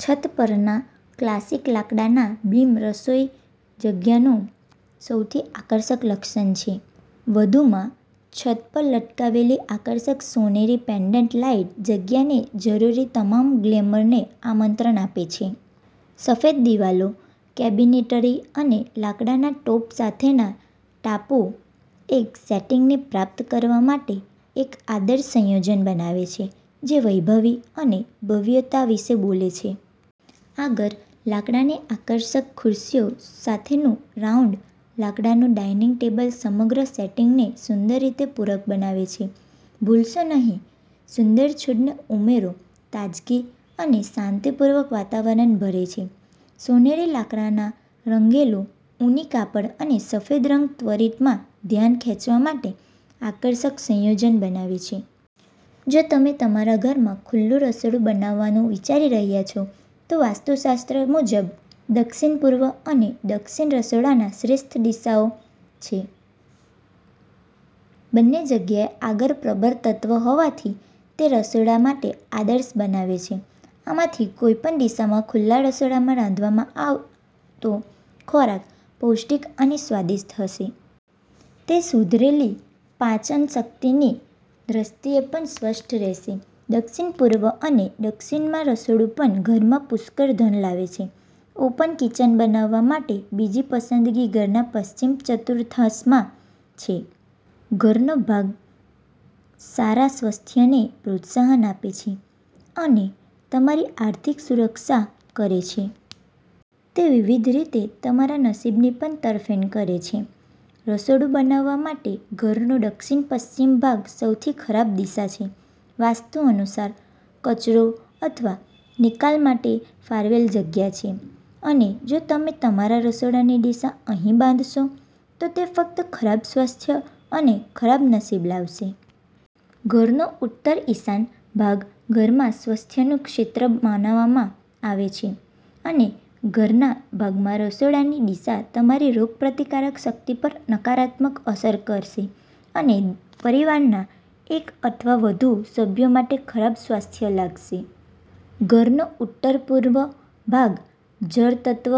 છત પરના ક્લાસિક લાકડાના બીમ રસોઈ જગ્યાનું સૌથી આકર્ષક લક્ષણ છે. વધુમાં, છત પર લટકાવેલી આકર્ષક સોનેરી પેન્ડન્ટ લાઇટ જગ્યાને જરૂરી તમામ ગ્લેમરને આમંત્રણ આપે છે. સફેદ દિવાલો, કેબિનેટરી અને લાકડાના ટોપ સાથેના ટાપુ એક સેટિંગને પ્રાપ્ત કરવા માટે એક આદર્શ સંયોજન બનાવે છે જે વૈભવી અને ભવ્યતા વિશે બોલે છે. આગળ, લાકડાની આકર્ષક ખુરશીઓ સાથેનું રાઉન્ડ લાકડાનું ડાઇનિંગ ટેબલ સમગ્ર સેટિંગને સુંદર રીતે પૂરક બનાવે છે. ભૂલશો નહીં, સુંદર છોડનો ઉમેરો તાજગી અને શાંતિપૂર્ણ વાતાવરણમાં ભરે છે. સોનેરી, લાકડાના રંગેલું ઊની કાપડ અને સફેદ રંગ ત્વરિતમાં ધ્યાન ખેંચવા માટે આકર્ષક સંયોજન બનાવે છે. જો તમે તમારા ઘરમાં ખુલ્લું રસોડું બનાવવાનું વિચારી રહ્યા છો, તો વાસ્તુશાસ્ત્ર મુજબ, દક્ષિણ-પૂર્વ અને દક્ષિણ રસોડાના શ્રેષ્ઠ દિશાઓ છે. બંને જગ્યાએ આગ પ્રબળ તત્વ હોવાથી તે રસોડા માટે આદર્શ બનાવે છે. આમાંથી કોઈપણ દિશામાં ખુલ્લા રસોડામાં રાંધવામાં આવતો ખોરાક પૌષ્ટિક અને સ્વાદિષ્ટ હશે. તે સુધરેલી પાચનશક્તિની દ્રષ્ટિએ પણ સ્વસ્થ રહેશે. દક્ષિણ-પૂર્વ અને દક્ષિણમાં રસોડું પણ ઘરમાં પુષ્કળ ધન લાવે છે. ઓપન કિચન બનાવવા માટે બીજી પસંદગી ઘરના પશ્ચિમ ચતુર્થાંશમાં છે. ઘરનો ભાગ સારા સ્વાસ્થ્યને પ્રોત્સાહન આપે છે અને તમારી આર્થિક સુરક્ષા કરે છે. તે વિવિધ રીતે તમારા નસીબની પણ તરફેણ કરે છે. રસોડું બનાવવા માટે ઘરનો દક્ષિણ-પશ્ચિમ ભાગ સૌથી ખરાબ દિશા છે. વાસ્તુ અનુસાર કચરો અથવા નિકાલ માટે ફાળવેલ જગ્યા છે, અને જો તમે તમારા રસોડાની દિશા અહીં બાંધશો, તો તે ફક્ત ખરાબ સ્વાસ્થ્ય અને ખરાબ નસીબ લાવશે. ઘરનો ઉત્તર-ઈશાન ભાગ ઘરમાં સ્વાસ્થ્યનું ક્ષેત્ર માનવામાં આવે છે અને ઘરના ભાગમાં રસોડાની દિશા તમારી રોગપ્રતિકારક શક્તિ પર નકારાત્મક અસર કરશે અને પરિવારના એક અથવા વધુ સભ્યો માટે ખરાબ સ્વાસ્થ્ય લાવશે. ઘરનો ઉત્તરપૂર્વ ભાગ જળ તત્વ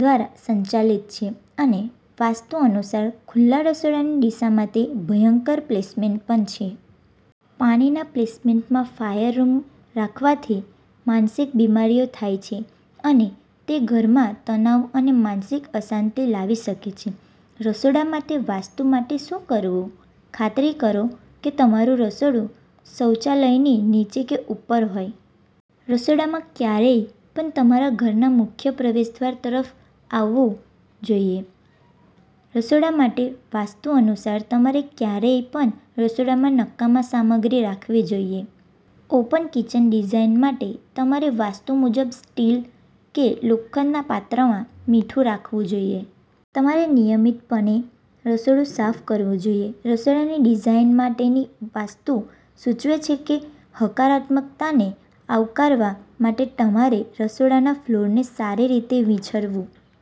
દ્વારા સંચાલિત છે અને વાસ્તુ અનુસાર ખુલ્લા રસોડાની દિશા માટે ભયંકર પ્લેસમેન્ટ પણ છે. પાણીના પ્લેસમેન્ટમાં ફાયર રૂમ રાખવાથી માનસિક બિમારીઓ થાય છે અને તે ઘરમાં તણાવ અને માનસિક અશાંતિ લાવી શકે છે. રસોડા માટે વાસ્તુ માટે શું કરવું? ખાતરી કરો કે તમારું રસોડું શૌચાલયની નીચે કે ઉપર હોય. રસોડામાં ક્યારેય પણ તમારા ઘરના મુખ્ય પ્રવેશદ્વાર તરફ આવવું જોઈએ. રસોડા માટે વાસ્તુ અનુસાર તમારે ક્યારેય પણ રસોડામાં નકામા સામગ્રી રાખવી જોઈએ. ઓપન કિચન ડિઝાઇન માટે તમારે વાસ્તુ મુજબ સ્ટીલ કે લોખંડના પાત્રમાં મીઠું રાખવું જોઈએ. તમારે નિયમિતપણે રસોડું સાફ કરવું જોઈએ. રસોડાની ડિઝાઈન માટેની વાસ્તુ સૂચવે છે કે હકારાત્મકતાને આવકારવા માટે તમારે રસોડાના ફ્લોરને સારી રીતે વીંછળવું.